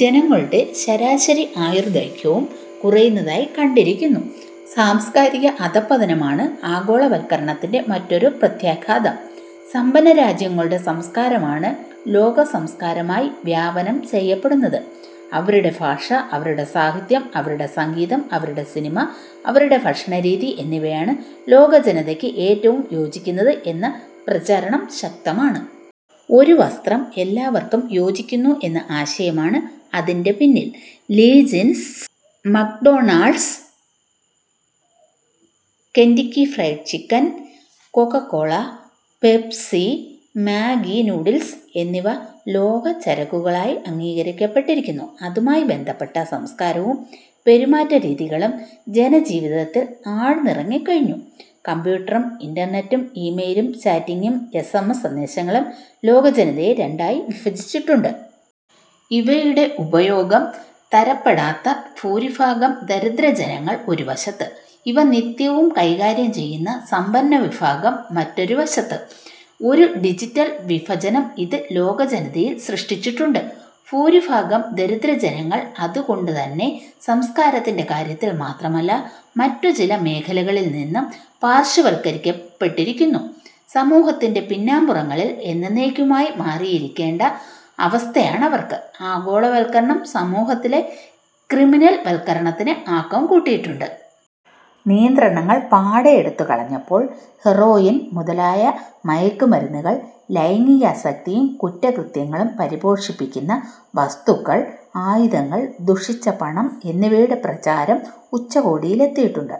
ജനങ്ങളുടെ ശ. ശ. ആയുർദൈർഘ്യവും കുറയുന്നതായി കണ്ടിരിക്കുന്നു. സാംസ്കാരിക അധഃപതനമാണ് ആഗോളവത്കരണത്തിന്റെ മറ്റൊരു പ്രത്യാഘാതം. സമ്പന്നരാജ്യങ്ങളുടെ സംസ്കാരമാണ് ലോകസംസ്കാരമായി വ്യാപനം ചെയ്യപ്പെടുന്നത്. അവരുടെ ഭാഷ, അവരുടെ സാഹിത്യം, അവരുടെ സംഗീതം, അവരുടെ സിനിമ, അവരുടെ ഭക്ഷണരീതി എന്നിവയാണ് ലോകജനതയ്ക്ക് ഏറ്റവും യോജിക്കുന്നത് എന്ന പ്രചരണം ശക്തമാണ്. "ഒരു വസ്ത്രം എല്ലാവർക്കും യോജിക്കുന്നു എന്ന ആശയമാണ് അതിന്റെ പിന്നിൽ. Lee Jeans, McDonald's, Kentucky Fried chicken, Coca Cola, Pepsi, Maggi noodles എന്നിവ ലോകചരക്കുകളായി അംഗീകരിക്കപ്പെട്ടിരിക്കുന്നു. അതുമായി ബന്ധപ്പെട്ട സംസ്കാരവും പെരുമാറ്റരീതികളും ജനജീവിതത്തിൽ ആഴ്ന്നിറങ്ങിക്കഴിഞ്ഞു. കംപ്യൂട്ടറും, ഇന്റർനെറ്റും, ഇ-മെയിലും, ചാറ്റിങ്ങും, എസ്. എം. എസ്. സന്ദേശങ്ങളും ലോകജനതയെ രണ്ടായി വിഭജിച്ചിട്ടുണ്ട്. ഇവയുടെ ഉപയോഗം തരപ്പെടാത്ത ഭൂരിഭാഗം ദരിദ്രജനങ്ങൾ ഒരുവശത്ത്, ഇവ നിത്യം കൈകാര്യം ചെയ്യുന്ന സമ്പന്നവിഭാഗം മറുവശത്ത്. ഒരു ഡിജിറ്റൽ വിഭജനം ഇത് ലോകജനതയിൽ സൃഷ്ടിച്ചിട്ടുണ്ട്. ഭൂരിഭാഗം ദരിദ്രജനങ്ങൾ അതുകൊണ്ടുതന്നെ സംസ്ക്കാരത്തിന്റെ കാര്യത്തിൽ മാത്രമല്ല, മറ്റുചില മേഖലകളിൽനിന്നും പാർശ്വവത്കരിക്കപ്പെട്ടിരിക്കുന്നു. സമൂഹത്തിന്റെ പിന്നാംപുറങ്ങളിൽ എന്നെന്നേക്കുമായി മാറിയിരിക്കേണ്ട അവസ്ഥയാണവർക്ക്. ആഗോളവത്കരണം സമൂഹത്തിലെ ക്രിമിനൽവത്കരണത്തിന് ആക്കംകൂട്ടിയിട്ടുണ്ട്. നിയന്ത്രണങ്ങൾ പാടെയെടുത്തു കളഞ്ഞപ്പോൾ ഹെറോയിൻ മുതലായ മയക്കുമരുന്നുകൾ, ലൈംഗികാസക്തിയും കുറ്റകൃത്യങ്ങളും പരിപോഷിപ്പിക്കുന്ന വസ്തുക്കൾ, ആയുധങ്ങൾ, ദുഷിച്ച പണം എന്നിവയുടെ പ്രചാരം ഉച്ചകോടിലെത്തിയിട്ടുണ്ട്.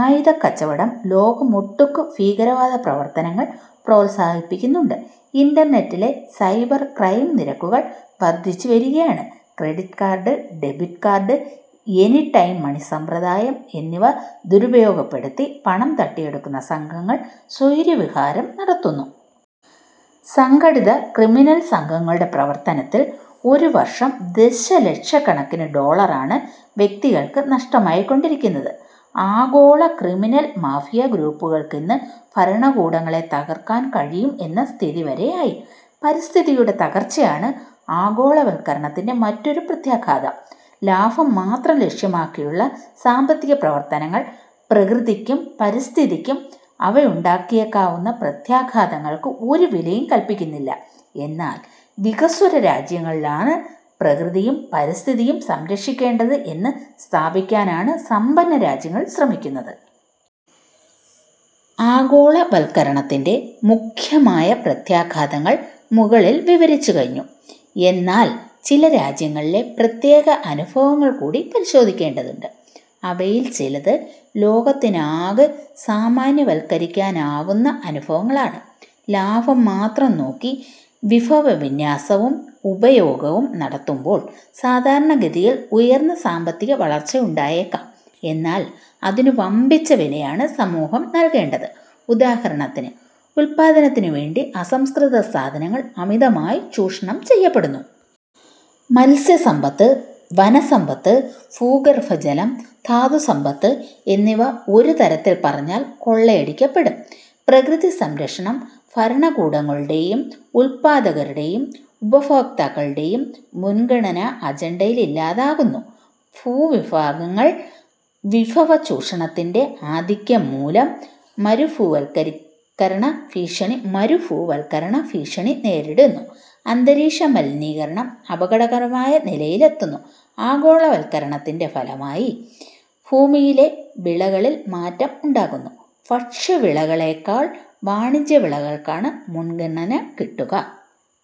ആയുധക്കച്ചവടം ലോകമൊട്ടുക്കു ഭീകരവാദപ്രവർത്തനങ്ങൾ പ്രോത്സാഹിപ്പിക്കുന്നുണ്ട്. ഇന്റർനെറ്റിലെ സൈബർക്രൈം നിരക്കുകൾ വർധിച്ചുവരികയാണ്. Credit card, debit card, anytime മണിസമ്പ്രദായം എന്നിവ ദുരുപയോഗപ്പെടുത്തി പണം തട്ടിയെടുക്കുന്ന സംഘങ്ങൾ സ്വൈരവിഹാരം നടത്തുന്നു. സംഘടിത ക്രിമിനൽസംഘങ്ങളുടെ പ്രവർത്തനത്തിൽ ഒരുവർഷം ദശലക്ഷക്കണക്കിനു ഡോളറാണ് വ്യക്തികൾക്കു നഷ്ടമായിക്കൊണ്ടിരിക്കുന്നത്. ആഗോളക്രിമിനൽ മാഫിയഗ്രൂപ്പുകൾക്കിന്നു ഭരണകൂടങ്ങളെ തകർക്കാൻ കഴിയും എന്ന സ്ഥിതിവരെയായി. പരിസ്ഥിതിയുടെ തകർച്ചയാണ് ആഗോളവത്കരണത്തിന്റെ മറ്റൊരു പ്രത്യാഘാതം. ലാഭം മാത്രം ലക്ഷ്യമാക്കിയുള്ള സാമ്പത്തികപ്രവർത്തനങ്ങൾ പ്രകൃതിക്കും പരിസ്ഥിതിക്കും അവയുണ്ടാക്കിയേക്കാവുന്ന പ്രത്യാഘാതങ്ങൾക്ക് ഒരു വിലയും കല്പിക്കുന്നില്ല. എന്നാൽ വികസ്വരരാജ്യങ്ങളാണു പ്രകൃതിയും പരിസ്ഥിതിയും സംരക്ഷിക്കേണ്ടത് എന്നു സ്ഥാപിക്കാനാണു സമ്പന്നരാജ്യങ്ങൾ ശ്രമിക്കുന്നത്. ആഗോളവത്കരണത്തിന്റെ മുഖ്യമായ പ്രത്യാഘാതങ്ങൾ മുകളിൽ വിവരിച്ചുകഴിഞ്ഞു. എന്നാൽ ചില രാജ്യങ്ങളിലെ പ്രത്യേക അനുഭവങ്ങൾകൂടി പരിശോധിക്കേണ്ടതുണ്ട്. അവയിൽ ചിലതു ലോകത്തിനാകെ സാമാന്യവത്കരിക്കാനാവുന്ന അനുഭവങ്ങളാണ്. ലാഭം മാത്രം നോക്കി വിഭവവിന്യാസവും ഉപയോഗവും നടത്തുമ്പോൾ സാധാരണഗതിയിൽ ഉയർന്ന സാമ്പത്തികവളർച്ചയുണ്ടായേക്കാം. എന്നാൽ അതിനു വമ്പിച്ച വിലയാണ് സമൂഹം നൽകേണ്ടത്. ഉദാഹരണത്തിന് ഉത്പാദനത്തിനുവേണ്ടി അസംസ്കൃത സാധനങ്ങൾ അമിതമായി ചൂഷണം ചെയ്യപ്പെടുന്നു. മത്സ്യസമ്പത്ത്, വനസമ്പത്ത്, ഭൂഗർഭജലം, ധാതുസമ്പത്ത് എന്നിവ ഒരു തരത്തിൽ പറഞ്ഞാൽ കൊള്ളയടിക്കപ്പെടും. പ്രകൃതിസംരക്ഷണം ഭരണകൂടങ്ങളുടെയും ഉത്പാദകരുടെയും ഉപഭോക്താക്കളുടെയും മുൻഗണനാ അജൻഡയിലില്ലാതാകുന്നു. ഭൂവിഭാഗങ്ങൾ വിഭവചൂഷണത്തിന്റെ ആധിക്യംമൂലം മരുഭൂവൽക്കരണ ഭീഷണി നേരിടുന്നു. അന്തരീക്ഷമലനീകരണം അപകടകരമായ നിലയിലെത്തുന്നു. ആഗോളവത്കരണത്തിന്റെ ഫലമായി ഭൂമിയിലെ വിളകളിൽ മാറ്റം ഉണ്ടാകുന്നു. ഭക്ഷ്യവിളകളെക്കാൾ വാണിജ്യവിളകൾക്കാണ് മുൻഗണന കിട്ടുക.